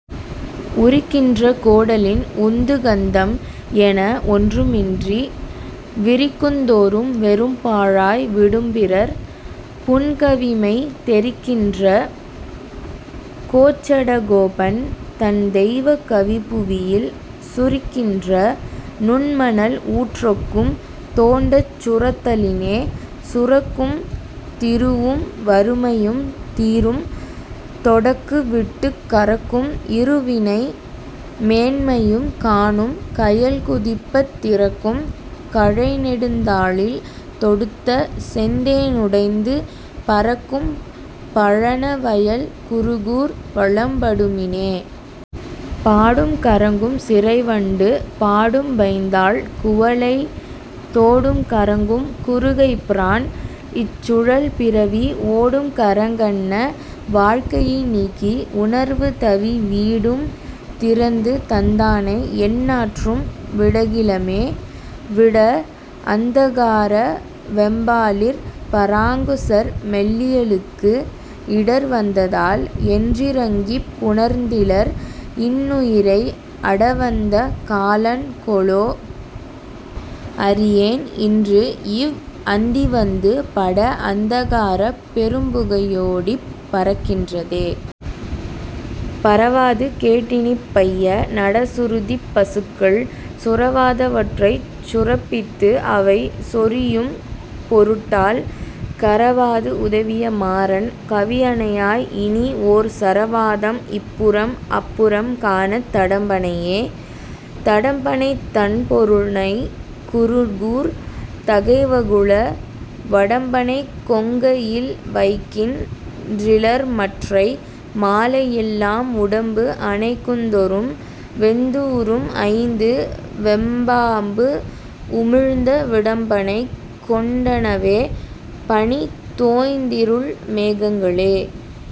உரிக்கின்ற கோடலின் உந்துகந்தம் என ஒன்றுமின்றி விரிக்குந்தோறும் வெறும் பாழாய் விடும்பிறர் புன்கவிமெய் தெரிக்கின்ற கோச்சடகோபன் தன் தெய்வக் கவிபுவியில் சுரிக்கின்ற நுண்மணல் ஊற்றொக்கும் தோண்டச் சுரத்தலினே.. சுரக்கும் திருவும் வறுமையும் தீரும் தொடக்கு விட்டுக் கரக்கும் இருவினை மேன்மையும் காணும் கயல்குதிப்பத் திரக்கும் கழைநெடுந் தாளில் தொடுத்த செந்தேனுடைந்து பரக்கும் பழன வயல் குருகூர் வளம்படுமினே. பாடும் கறங்கும் சிறைவண்டு பாடும்பைந்தாள் குவளை தோடும் கறங்கும் குருகைப்பிரான் இச் சுழல்பிறவி ஓடும் கறங்கன்ன வாழ்கையை நீக்கி உணர்வுதவி வீடும் திறந்து தந்தானை எந்நாற்றும் விடகிலமே. விட அந்தகார வெம்பாலிற் பராங்குசர் மெல்லியலுக்கு இடர் வந்ததால் என்றிரங்கிப் புணர்ந்திலர் இன்னுயிரை அடவந்த காலன்கொலோ அறியேன் இன்று இவ் அந்திவந்து பட அந்தகாரப் பெரும்புகையோடிப் பரக்கின்றதே. பரவாது கேட்டினிப் பைய நட சுருதிப் பசுக்கள் சுரவாதவற்றைச் சுரப்பித்து அவை சொரியும் பொருட்டால் கரவாது உதவிய மாறன் கவி அனையாய் இனிஓர் சரவாதம் இப்புறம் அப்புறம் காணத் தடம்பணையே. தடம்பணைத் தண்பொருநைக் குருகூர் தகை வகுள வடம்பணைக் கொங்கையில் வைக்கின் றிலர்மற்றை மாலைஎல்லாம் உடம்பு அணைக்குந்தொறும் வெந்துஉரும் ஐந்து வெம்பாம்பு உமிழந்த விடம்பணைக் கொண்டனவே பனி தோய்ந்திருள் மேகங்களே.